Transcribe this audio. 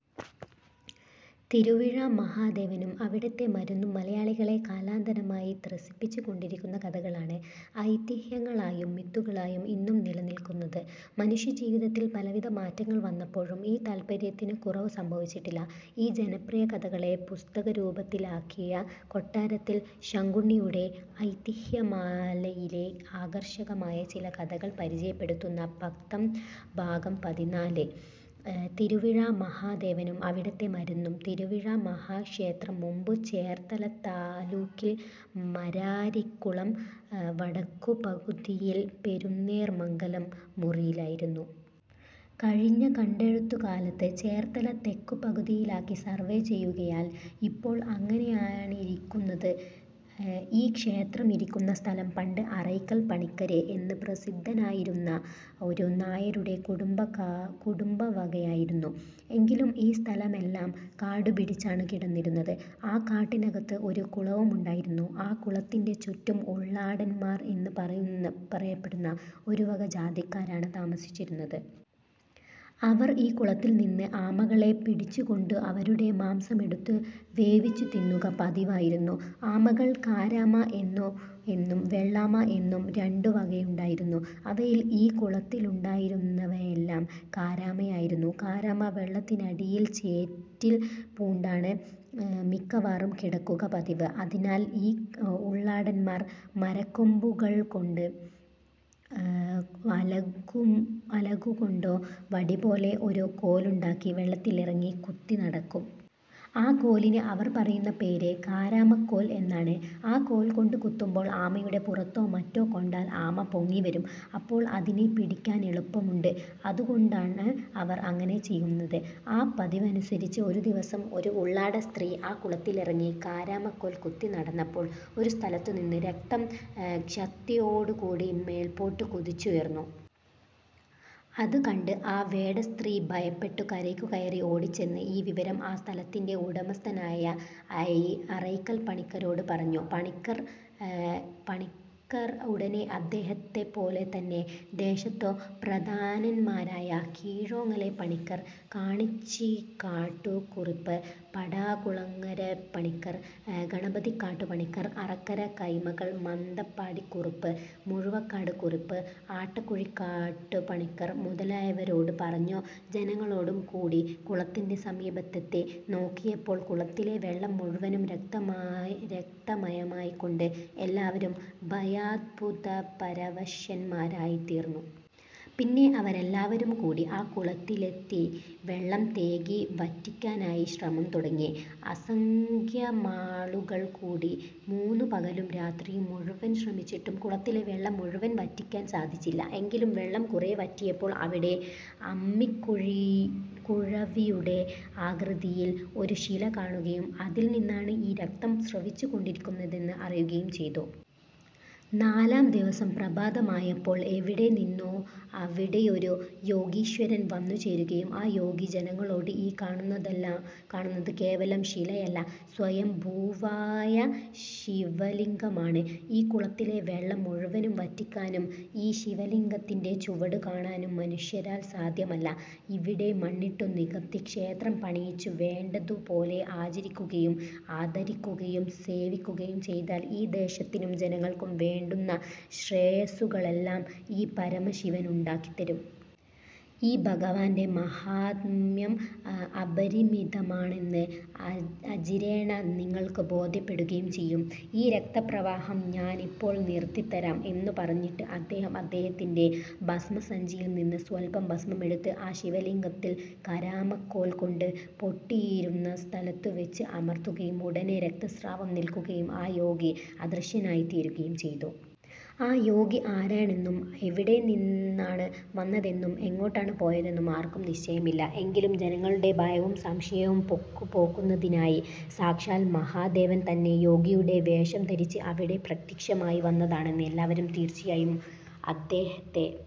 തിരുവിഴാ മഹാദേവനും അവിടത്തെ മരുന്നും മലയാളികളെ കാലാന്തരമായി ത്രസിപ്പിച്ചു കൊണ്ടിരിക്കുന്ന കഥകളാണ് ഐതിഹ്യങ്ങളായും മിത്തുകളായും ഇന്നും നിലനിൽക്കുന്നത്. മനുഷ്യജീവിതത്തിൽ പലവിധ മാറ്റങ്ങൾ വന്നപ്പോഴും ഈ താൽപര്യത്തിനു കുറവ് സംഭവിച്ചിട്ടില്ല. ഈ ജനപ്രിയകഥകളെ പുസ്തകരൂപത്തിലാക്കിയ കൊട്ടാരത്തിൽ ശങ്കുണ്ണിയുടെ ഐതിഹ്യമാലയിലെ ആകർഷകമായ ചില കഥകൾ പരിചയപ്പെടുത്തുന്ന പംക്തം ഭാഗം പതിനാല്: തിരുവിഴാ മഹാദേവനും അവിടത്തെ മരുന്നും തിരുവിഴാ മഹാക്ഷേത്രം മുമ്പു ചേർത്തലത്താലൂക്കിൽ മരാരിക്കുളം വടക്കുപകുതിയിൽ 'പെരുന്നേർമംഗലം' മുറിയിലായിരുന്നു. കഴിഞ്ഞ കണ്ടെഴുത്തുകാലത്തു ചേർത്തല തെക്കുപകുതിയിലാക്കി സർവ്വേ ചെയ്യുകയാൽ ഇപ്പോൾ അങ്ങനെയാണിരിക്കുന്നത്. ഈ ക്ഷേത്രമിരിക്കുന്ന സ്ഥലം പണ്ട് 'അറയ്ക്കൽ പണിക്കര്' എന്നു പ്രസിദ്ധനായിരുന്ന ഒരു നായരുടെ കുടുംബവകയായിരുന്നു. എങ്കിലും ഈ സ്ഥലമെല്ലാം കാടുപിടിച്ചാണു കിടന്നിരുന്നത്. ആ കാട്ടിനകത്ത് ഒരു കുളവുമുണ്ടായിരുന്നു. ആ കുളത്തിന്റെ ചുറ്റും ഉള്ളാടന്മാര് എന്നു പറയപ്പെടുന്ന ഒരുവക ജാതിക്കാരാണു താമസിച്ചിരുന്നത്. അവർ ഈ കുളത്തിൽനിന്ന് ആമകളെ പിടിച്ചുകൊണ്ട് അവരുടെ മാംസമെടുത്തു വേവിച്ചു തിന്നുക പതിവായിരുന്നു. ആമകൾ 'കാരാമ' എന്നും വെള്ളാമ എന്നും രണ്ടു വകയുണ്ടായിരുന്നു. അവയിൽ ഈ കുളത്തിലുണ്ടായിരുന്നവയെല്ലാം കാരാമയായിരുന്നു. കാരാമ വെള്ളത്തിനടിയിൽ ചേറ്റിൽ പൂണ്ടാണ് മിക്കവാറും കിടക്കുക പതിവ്. അതിനാല് ഈ ഉള്ളാടന്മാർ മരക്കൊമ്പുകൾകൊണ്ടോ അലകുകൊണ്ടോ വടിപോലെ ഒരു കോലുണ്ടാക്കി വെള്ളത്തിലിറങ്ങി കുത്തിനടക്കും. ആ കോലിന് അവർ പറയുന്ന പേര് കാരാമക്കോൽ എന്നാണ്. ആ കോൽകൊണ്ടു കുത്തുമ്പോൾ ആമയുടെ പുറത്തോ മറ്റോ കൊണ്ടാൽ ആമ പൊങ്ങിവരും. അപ്പോൾ അതിനെ പിടിക്കാനെളുപ്പമുണ്ട്. അതുകൊണ്ടാണ് അവർ അങ്ങനെ ചെയ്യുന്നത്. ആ പതിവനുസരിച്ച് ഒരു ദിവസം ഒരു ഉള്ളാടസ്ത്രീ ആ കുളത്തിലിറങ്ങി കാരാമക്കോൽ കുത്തി നടന്നപ്പോൾ ഒരു സ്ഥലത്തുനിന്ന് രക്തം ശക്തിയോടുകൂടി മേൽപ്പോട്ടു കുതിച്ചുയർന്നു. അതുകണ്ട് ആ വേടസ്ത്രീ ഭയപ്പെട്ടു കരയ്ക്കു കയറി ഓടിച്ചെന്ന് ഈ വിവരം ആ സ്ഥലത്തിന്റെ ഉടമസ്ഥനായ അറയ്ക്കൽ പണിക്കരോടു പറഞ്ഞു. പണിക്കർ ഉടനെ അദ്ദേഹത്തെപ്പോലെതന്നെ ദേശത്തു പ്രധാനന്മാരായ കീഴോങ്ങലെ പണിക്കർ, കാണിച്ചിക്കാട്ടുകുറുപ്പ്, പടാകുളങ്ങരെപ്പണിക്കർ, ഗണപതിക്കാട്ടു പണിക്കർ, അറക്കര കൈമൾ, മന്തപ്പാടി കുറുപ്പ്, മുഴുവക്കാട് കുറുപ്പ്, ആട്ടക്കുഴിക്കാട്ടു പണിക്കർ മുതലായവരോടും പറഞ്ഞു ജനങ്ങളോടും കൂടി കുളത്തിന്റെ സമീപത്തെത്തി നോക്കിയപ്പോൾ കുളത്തിലെ വെള്ളം മുഴുവനും രക്തമയമായിക്കണ്ട് എല്ലാവരും ഭയാത്ഭുതപരവശന്മാരായിത്തീർന്നു. പിന്നെ അവരെല്ലാവരുംകൂടി ആ കുളത്തിലെ വെള്ളം തേകി വറ്റിക്കാനായി ശ്രമം തുടങ്ങി. അസംഖ്യമാളുകൾകൂടി മൂന്നു പകലും രാത്രിയും മുഴുവനും ശ്രമിച്ചിട്ടും കുളത്തിലെ വെള്ളം മുഴുവനും വറ്റിക്കാൻ സാധിച്ചില്ല. എങ്കിലും വെള്ളം കുറെ വറ്റിയപ്പോൾ അവിടെ അമ്മിക്കുഴവിയുടെ ആകൃതിയിൽ ഒരു ശില കാണുകയും അതിൽനിന്നാണ് ഈ രക്തം സ്രവിച്ചു കൊണ്ടിരിക്കുന്നതെന്ന് അറിയുകയും ചെയ്തു. നാലാം ദിവസം പ്രഭാതമായപ്പോൾ എവിടെനിന്നോ അവിടെയൊരു യോഗീശ്വരൻ വന്നുചേരുകയും ആ യോഗി ജനങ്ങളോട് 'ഈ കാണുന്നതു കേവലം ശിലയല്ല. സ്വയംഭൂവായ ശിവലിംഗമാണ്. ഈ കുളത്തിലെ വെള്ളം മുഴുവനും വറ്റിക്കാനും ഈ ശിവലിംഗത്തിന്റെ ചുവടു കാണാനും മനുഷ്യരാൽ സാധ്യമല്ല. ഇവിടെ മണ്ണിട്ടു നികത്തി ക്ഷേത്രം പണിയിച്ചു വേണ്ടതു പോലെ ആചരിക്കുകയും ആദരിക്കുകയും സേവിക്കുകയും ചെയ്താൽ ഈ ദേശത്തിനും ജനങ്ങൾക്കും വേണ്ടുന്ന ശ്രേയസ്സുകളെല്ലാം ഈ പരമശിവനുണ്ടാക്കിത്തരും. ഈ ഭഗവാന്റെ മാഹാത്മ്യം അപരിമിതമാണെന്ന് അചിരേണ നിങ്ങൾക്കു ബോധ്യപ്പെടുകയും ചെയ്യും. ഈ രക്തപ്രവാഹം ഞാനിപ്പോള് നിർത്തിത്തരാം. ' എന്നു പറഞ്ഞിട്ട് അദ്ദേഹം അദ്ദേഹത്തിന്റെ ഭസ്മസഞ്ചിയിൽനിന്നു സ്വൽപം ഭസ്മമെടുത്ത് ആ ശിവലിംഗത്തിൽ കാരാമക്കോൽകൊണ്ടു പൊട്ടിയിരുന്ന സ്ഥലത്തു വെച്ച് അമർത്തുകയും ഉടനെ രക്തസ്രാവം നിൽക്കുകയും ആ യോഗി അദൃശ്യനായിത്തീരുകയും ചെയ്തു. ആ യോഗി ആരാണെന്നും എവിടെനിന്നാണു വന്നതെന്നും എങ്ങോട്ടാണു പോയതെന്നും ആർക്കും നിശ്ചയമില്ല. എങ്കിലും ജനങ്ങളുടെ ഭയവും സംശയവും പോക്കുന്നതിനായി സാക്ഷാൽ മഹാദേവൻ തന്നെ യോഗിയുടെ വേഷം ധരിച്ച് അവിടെ പ്രത്യക്ഷമായി വന്നതാണെന്ന് എല്ലാവരും തീർച്ചയായും അദ്ദേഹം